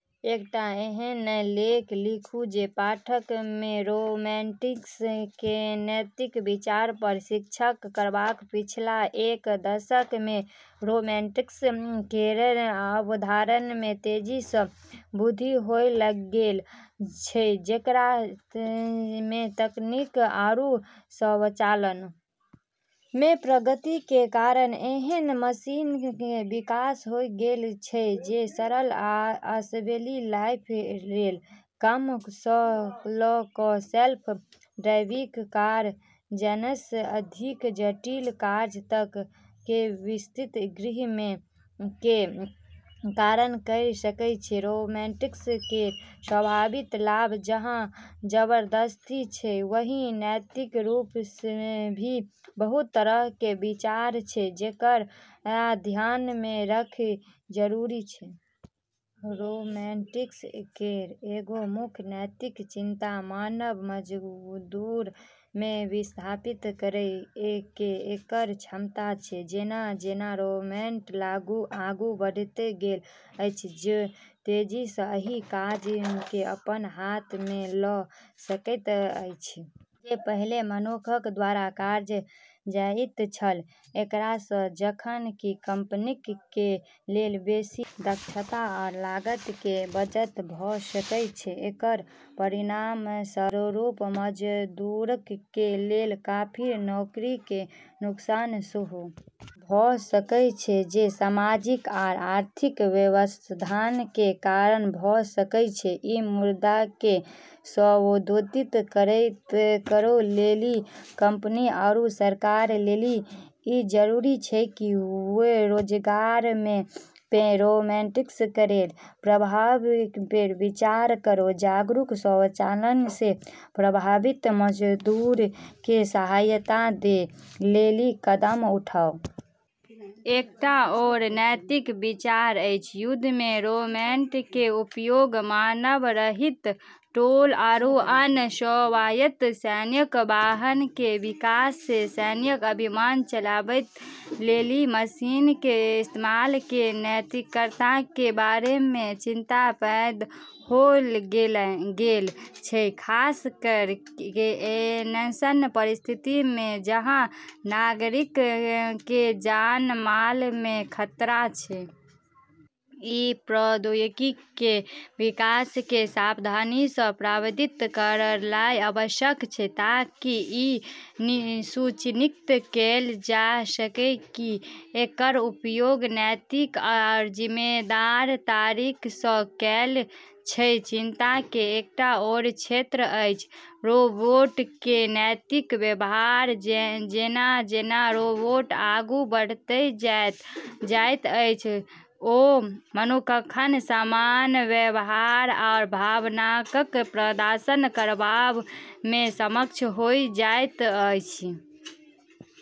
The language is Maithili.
एकटा एहन लेख लिखू जे पाठक के रोबोटिक्स के नैतिक विचार पर शिक्षित करय पिछला एक दशक मे रोबोटिक्स केरऽ अवधारणा मे तेजी स॑ वृद्धि होय गेलऽ छै जेकरा मे तकनीक आरू स्वचालन मे प्रगति के कारण ऐन्हऽ मशीन के विकास होय गेलऽ छै जे सरल असेंबली लाइन केरऽ काम स ल क सेल्फ ड्राइविंग कार जैसनऽ अधिक जटिल कार्य तक के विस्तृत श्रृंखला के कार्य करी सकै छै, रोबोटिक्स केरऽ संभावित लाभ जहाँ जबरदस्त छै, वहीं नैतिक रूप से भी बहुत तरह के विचार छै जेकरा ध्यान मे रखना जरूरी छै। रोबोटिक्स केरऽ एगो मुख्य नैतिक चिंता मानव मजदूरऽ के विस्थापित करै के एकरऽ क्षमता छै जेना-जेना रोबोट आगू बढ़ैत गेल अछि ओ तेजी सं ओहि काज के अपना हाथ मे ल' सकैत अछि जे पहिने मनुक्ख द्वारा कयल जाइत छल, एकरा सं जखन कि कंपनीक कें लेल बेसि दक्षता आ लागत मे बचत भ सकय छै, एकर परिणामस्वरूप मजदूरक कें लेल काफी नौकरी कें नुकसान सेहो भ सकय छै जे सामाजिक आ आर्थिक व्यवधान कें कारण भ सकय छै, ई मुद्दा के संबोधित करै लेली कंपनी आरू सरकारऽ लेली ई जरूरी छै कि वू रोजगार पे रोबोटिक्स केरऽ प्रभाव पे विचार करै आरू स्वचालन से प्रभावित मजदूरऽ के सहायता दै लेली कदम उठाबै। एकटा आओर नैतिक विचार अछि युद्ध मे रोबोट के उपयोग मानव रहित ड्रोन आरू अन्य स्वायत्त सैन्य वाहन के विकास से सैन्य अभियान चलाबै लेली मशीन के इस्तेमाल के नैतिकता के बारे मे चिंता पैदा होय गेलऽ छै, खास करी के ऐसनऽ परिस्थिति मे जहाँ नागरिकऽ के जानमाल के खतरा छै। इ प्रौद्योगिकी कें विकास कें सावधानी सं प्रबंधित करनाय आवश्यक छै ताकि इ सुनिश्चित कैल जा सकय की एकर उपयोग नैतिक आ जिम्मेदार तरीका सं कैल जै चिंता के एकटा आओर क्षेत्र अछि रोबोट के नैतिक व्यवहार जेना-जेना रोबोट आगू बढ़ैत जाइत अछि, ओ मनुक्खक समान व्यवहार आ भावनाक प्रदर्शन करबा मे सक्षम होइत जाइत अछि।